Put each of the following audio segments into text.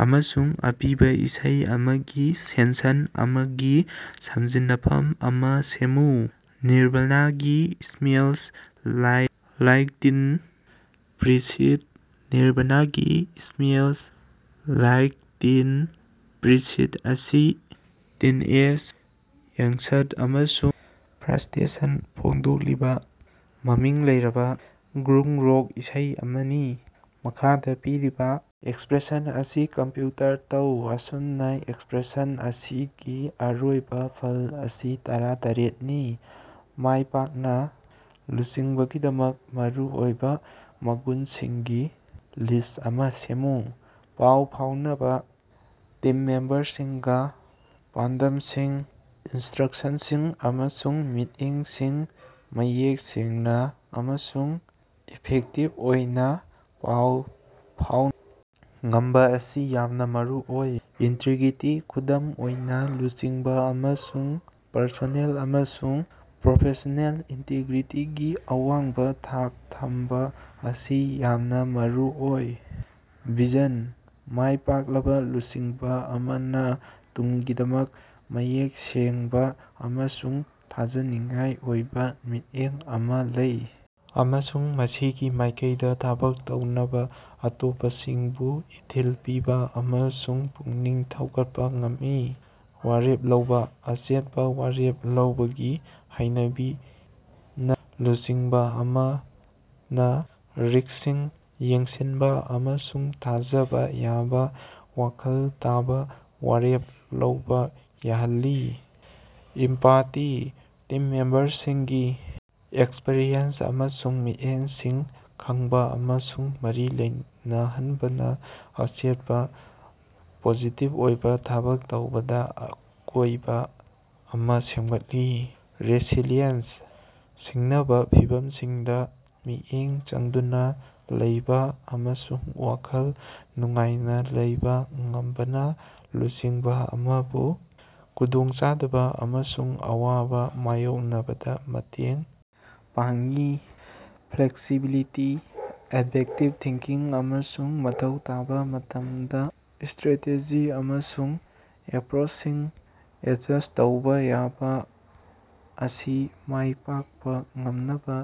ꯑꯃꯁꯨꯡ ꯑꯄꯤꯕꯥ ꯏꯁꯩ ꯑꯃꯒꯤ ꯁꯦꯟꯁꯟ ꯑꯃꯒꯤ ꯁꯝꯖꯤꯟꯅꯐꯝ ꯑꯃꯥ ꯁꯦꯝꯃꯨ꯫ ꯅꯤꯔꯕꯥꯅꯥꯒꯤ ꯁ꯭ꯃꯦꯜꯁ ꯂꯥꯏꯛ ꯇꯤꯟ ꯁ꯭ꯄꯤꯔꯤꯠ꯫ ꯅꯤꯔꯕꯥꯅꯥꯒꯤ ꯁ꯭ꯃꯦꯜꯁ ꯂꯥꯏꯛ ꯇꯤꯟ ꯁ꯭ꯄꯤꯔꯤꯠ ꯑꯁꯤ ꯇꯤꯟꯑꯦꯖ ꯑꯦꯡꯒꯁ꯭ꯠ ꯑꯃꯁꯨꯡ ꯐ꯭ꯔꯁ꯭ꯇꯦꯁꯟ ꯐꯣꯡꯗꯣꯛꯂꯤꯕ ꯃꯃꯤꯡ ꯂꯩꯔꯕ ꯒ꯭ꯔꯨꯡ ꯔꯣꯛ ꯏꯁꯩ ꯑꯃꯅꯤ꯫ ꯃꯈꯥꯗ ꯄꯤꯔꯤꯕ ꯑꯦꯛꯁꯄꯔꯦꯁꯟ ꯑꯁꯤ ꯀꯝꯄ꯭ꯌꯨꯇꯔ ꯇꯧ꯫ ꯑꯁꯨꯝꯅ, ꯑꯦꯛꯁꯄ꯭ꯔꯦꯁꯟ ꯑꯁꯤꯒꯤ ꯑꯔꯣꯏꯕ ꯐꯜ ꯑꯁꯤ ꯇꯔꯥꯇꯔ‌ꯦꯠꯅꯤ꯫ ꯃꯥꯏꯄꯥꯛꯅ ꯂꯨꯆꯤꯡꯕꯒꯤꯗꯃꯛ ꯃꯔꯨꯑꯣꯏꯕ ꯃꯒꯨꯟꯁꯤꯡꯒꯤ ꯂꯤꯁ꯭ꯠ ꯑꯃꯥ ꯁꯦꯝꯃꯨ꯫ ꯄꯥꯎ ꯐꯥꯎꯅꯕ: ꯇꯤꯝ ꯃꯦꯝꯕꯔꯁꯤꯡꯒꯥ ꯄꯥꯟꯗꯝꯁꯤꯡ, ꯏꯟꯇ꯭ꯔꯛꯁꯟꯁꯤꯡ ꯑꯃꯁꯨꯡ ꯃꯤꯠꯌꯦꯡꯁꯤꯡ ꯃꯌꯦꯛ ꯁꯦꯡꯅ ꯑꯃꯁꯨꯡ ꯏꯐꯦꯛꯇꯤꯕ ꯑꯣꯏꯅ ꯄꯥꯎ ꯐꯥꯎꯅꯕ ꯉꯝꯕ ꯑꯁꯤ ꯌꯥꯝꯅ ꯃꯔꯨꯑꯣꯏ꯫ ꯏꯟꯇꯤꯒ꯭ꯔꯤꯇꯤ: ꯈꯨꯗꯝ ꯑꯣꯏꯅ ꯂꯨꯆꯤꯡꯕ ꯑꯃꯁꯨꯡ ꯄꯔꯁꯣꯅꯦꯜ ꯑꯃꯁꯨꯡ ꯄ꯭ꯔꯣꯐꯦꯁ꯭ꯅꯦꯜ ꯏꯟꯇꯤꯒ꯭ꯔꯤꯇꯤꯒꯤ ꯑꯋꯥꯡꯕ ꯊꯥꯛ ꯊꯝꯕ ꯑꯁꯤ ꯌꯥꯝꯅ ꯃꯔꯨꯑꯣꯏ꯫ ꯚꯤꯖꯟ: ꯃꯥꯏ ꯄꯥꯛꯂꯕ ꯂꯨꯆꯤꯡꯕ ꯑꯃꯅ ꯇꯨꯡꯒꯤꯗꯃꯛ ꯃꯌꯦꯛ ꯁꯦꯡꯕ ꯑꯃꯁꯨꯡ ꯊꯥꯖꯅꯤꯡꯉꯥꯏ ꯑꯣꯏꯕ ꯃꯤꯠꯌꯦꯡ ꯑꯃꯥ ꯂꯩ, ꯑꯃꯁꯨꯡ ꯃꯁꯤꯒꯤ ꯃꯥꯏꯀꯩꯗ ꯊꯕꯛ ꯇꯧꯅꯕ ꯑꯇꯣꯞꯄꯁꯤꯡꯕꯨ ꯏꯊꯤꯜ ꯄꯤꯕ ꯑꯃꯁꯨꯡ ꯄꯨꯛꯅꯤꯡ ꯊꯧꯒꯠꯄ ꯉꯝꯃꯤ꯫ ꯋꯥꯔꯦꯞ ꯂꯧꯕ: ꯑꯆꯦꯠꯄ ꯋꯥꯔꯦꯞ ꯂꯧꯕꯒꯤ ꯍꯩꯅꯕꯤꯅ ꯂꯨꯆꯤꯡꯕ ꯑꯃꯅ ꯔꯤꯁ꯭ꯛꯁꯤꯡ ꯌꯦꯡꯁꯤꯟꯕ ꯑꯃꯁꯨꯡ ꯊꯥꯖꯕ ꯌꯥꯕ, ꯋꯥꯈꯜ ꯇꯥꯕ ꯋꯥꯔꯦꯞ ꯂꯧꯕ ꯌꯥꯍꯜꯂꯤ꯫ ꯏꯝꯄꯥꯇꯤ: ꯇꯤꯝ ꯃꯦꯝꯕꯔꯁꯤꯡꯒꯤ ꯑꯦꯛꯁꯄꯔꯤꯌꯦꯟꯁ ꯑꯃꯁꯨꯡ ꯃꯤꯠꯌꯦꯡꯁꯤꯡ ꯈꯪꯕ ꯑꯃꯁꯨꯡ ꯃꯔꯤ ꯂꯩꯅꯍꯟꯕꯅ ꯑꯆꯦꯠꯄ, ꯄꯣꯖꯤꯇꯤꯕ ꯑꯣꯏꯕ ꯊꯕꯛ ꯇꯧꯕꯒꯤ ꯑꯀꯣꯏꯕ ꯑꯃꯥ ꯁꯦꯝꯒꯠꯂꯤ꯫ ꯔꯦꯁꯤꯂꯤꯌꯦꯟꯁ: ꯁꯤꯡꯅꯕ ꯐꯤꯚꯝꯁꯤꯡꯗ ꯃꯤꯠꯌꯦꯡ ꯆꯪꯗꯨꯅ ꯂꯩꯕ ꯑꯃꯁꯨꯡ ꯋꯥꯈꯜ ꯅꯨꯡꯉꯥꯏꯅ ꯂꯩꯕ ꯉꯝꯕꯅ ꯂꯨꯆꯤꯡꯕ ꯑꯃꯕꯨ ꯈꯨꯗꯣꯡꯆꯥꯗꯕ ꯑꯃꯁꯨꯡ ꯑꯋꯥꯕ ꯃꯥꯌꯣꯛꯅꯕꯗ ꯃꯇꯦꯡ ꯄꯥꯡꯏ꯫ ꯐ꯭ꯂꯦꯛꯁꯤꯕꯤꯂꯤꯇꯤ: ꯑꯦꯗꯕꯦꯛꯇꯤꯕ ꯊꯤꯡꯀꯤꯡ ꯑꯃꯁꯨꯡ ꯃꯊꯧ ꯇꯥꯕ ꯃꯇꯝꯗ ꯁ꯭ꯇꯔꯦꯇꯦꯖꯤ ꯑꯃꯁꯨꯡ ꯑꯦꯄꯔꯣꯆꯁꯤꯡ ꯑꯦꯗꯖꯁ꯭ꯠ ꯇꯧꯕ ꯌꯥꯕ ꯑꯁꯤ ꯃꯥꯏ ꯄꯥꯛꯄ ꯉꯝꯅꯕ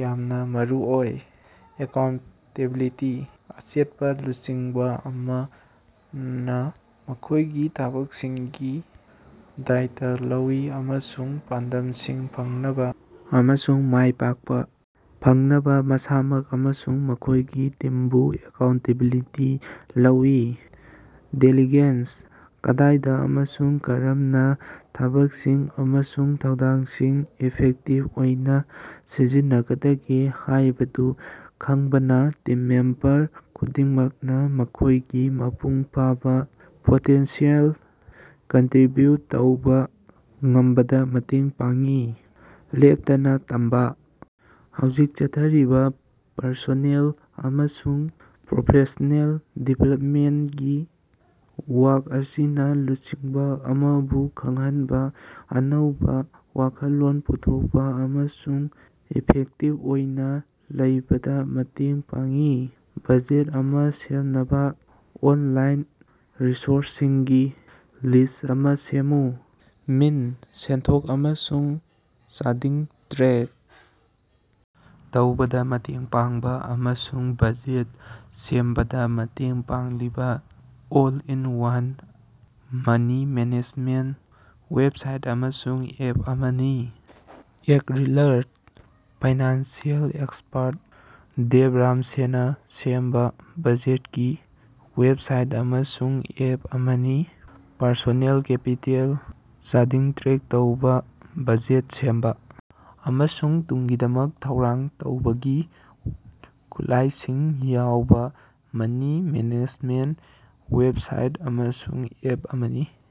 ꯌꯥꯝꯅ ꯃꯔꯨꯑꯣꯏ꯫ ꯑꯦꯀꯥꯎꯟꯇꯦꯕꯤꯂꯤꯇꯤ: ꯑꯆꯦꯠꯄ ꯂꯨꯆꯤꯡꯕ ꯑꯃꯅ ꯃꯈꯣꯏꯒꯤ ꯊꯕꯛꯁꯤꯡꯒꯤ ꯗꯥꯏꯇ ꯂꯧꯏ ꯑꯃꯁꯨꯡ ꯄꯥꯟꯗꯝꯁꯤꯡ ꯐꯪꯅꯕ ꯑꯃꯁꯨꯡ ꯃꯥꯏꯄꯥꯛꯄ ꯐꯪꯅꯕ ꯃꯁꯥꯃꯛ ꯑꯃꯁꯨꯡ ꯃꯈꯣꯏꯒꯤ ꯇꯤꯝꯕꯨ ꯑꯦꯀꯥꯎꯟꯇꯦꯕꯤꯂꯤꯇꯤ ꯂꯧꯏ꯫ ꯗꯦꯂꯤꯒꯦꯁꯟ: ꯀꯗꯥꯏꯗ ꯑꯃꯁꯨꯡ ꯀꯔꯝꯅ ꯊꯕꯛꯁꯤꯡ ꯑꯃꯁꯨꯡ ꯊꯧꯗꯥꯡꯁꯤꯡ ꯏꯐꯦꯛꯇꯤꯕ ꯑꯣꯏꯅ ꯁꯤꯟꯅꯒꯗꯒꯦ ꯍꯥꯏꯕꯗꯨ ꯈꯪꯕꯅ ꯇꯤꯝ ꯃꯦꯝꯕꯔ ꯈꯨꯗꯤꯡꯃꯛꯅ ꯃꯈꯣꯏꯒꯤ ꯃꯄꯨꯡ ꯐꯥꯕ ꯄꯣꯇꯦꯟꯁꯤꯌꯦꯜ ꯀꯟꯇꯔꯤꯕ꯭ꯌꯨꯠ ꯇꯧꯕ ꯉꯝꯕꯗ ꯃꯇꯦꯡ ꯄꯥꯡꯏ꯫ ꯂꯦꯞꯇꯅ ꯇꯝꯕꯥ: ꯍꯧꯖꯤꯛ ꯆꯠꯊꯔꯤꯕ ꯄꯔꯁꯣꯅꯦꯜ ꯑꯃꯁꯨꯡ ꯄ꯭ꯔꯣꯐꯦꯁ꯭ꯅꯦꯜ ꯗꯤꯕꯦꯂꯞꯃꯦꯟꯇꯀꯤ ꯋꯥꯁꯛ ꯑꯁꯤꯅ ꯂꯨꯆꯤꯡꯕ ꯑꯃꯕꯨ ꯈꯪꯍꯟꯕ, ꯑꯅꯧꯕ ꯋꯥꯈꯜꯂꯣꯟ ꯄꯨꯊꯣꯛꯄꯥ ꯑꯃꯁꯨꯡ ꯏꯐꯦꯛꯇꯤꯕ ꯑꯣꯏꯅ ꯂꯩꯕꯗ ꯃꯇꯦꯡ ꯄꯥꯡꯏ꯫ ꯕꯖꯦꯠ ꯑꯃ ꯁꯦꯝꯅꯕ ꯑꯣꯟꯂꯥꯏꯟ ꯔꯤꯁꯣꯔꯁꯁꯤꯡꯒꯤ ꯂꯤꯁ꯭ꯠ ꯑꯃ ꯁꯦꯝꯃꯨ꯫ ꯃꯤꯟ: ꯁꯦꯟꯊꯣꯛ ꯑꯃꯁꯨꯡ ꯆꯥꯗꯤꯡ ꯇ꯭ꯔꯦꯛ ꯇꯧꯕꯗ ꯃꯇꯦꯡ ꯄꯥꯡꯕ, ꯑꯃꯁꯨꯡ ꯕꯖꯦꯠ ꯁꯦꯝꯕꯗ ꯃꯇꯦꯡ ꯄꯥꯡꯂꯤꯕꯥ ꯑꯣꯜ-ꯏꯟ-ꯋꯥꯟ ꯃꯅꯤ ꯃꯦꯅꯦꯖꯃꯦꯟꯠ ꯋꯦꯕꯁꯥꯏꯠ ꯑꯃꯁꯨꯡ ꯑꯦꯞ ꯑꯃꯅꯤ꯫ ꯑꯦꯚꯔꯤꯗꯂꯔ: ꯐꯥꯏꯅꯥꯟꯁꯤꯑꯦꯜ ꯑꯦꯛꯁꯄꯔꯠ, ꯗꯦꯕ ꯔꯥꯝꯁꯦꯅ ꯁꯦꯝꯕ ꯕꯖꯦꯠꯀꯤ ꯋꯦꯕꯁꯥꯏꯠ ꯑꯃꯁꯨꯡ ꯑꯦꯞ ꯑꯃꯅꯤ꯫ ꯄꯔꯁꯣꯅꯦꯜ ꯀꯦꯄꯤꯇꯦꯜ: ꯆꯥꯗꯤꯡ ꯇ꯭ꯔꯦꯛ ꯇꯧꯕ, ꯕꯖꯦꯠ ꯁꯦꯝꯕ, ꯑꯃꯁꯨꯡ ꯇꯨꯡꯒꯤꯗꯃꯛ ꯊꯧꯔꯥꯡ ꯇꯧꯕꯒꯤ ꯈꯨꯠꯂꯥꯏꯁꯤꯡ ꯌꯥꯎꯕ ꯃꯅꯤ ꯃꯦꯅꯦꯖꯃꯦꯟꯠ ꯋꯦꯕꯁꯥꯏꯠ ꯑꯃꯁꯨꯡ ꯑꯦꯞ ꯑꯃꯅꯤ꯫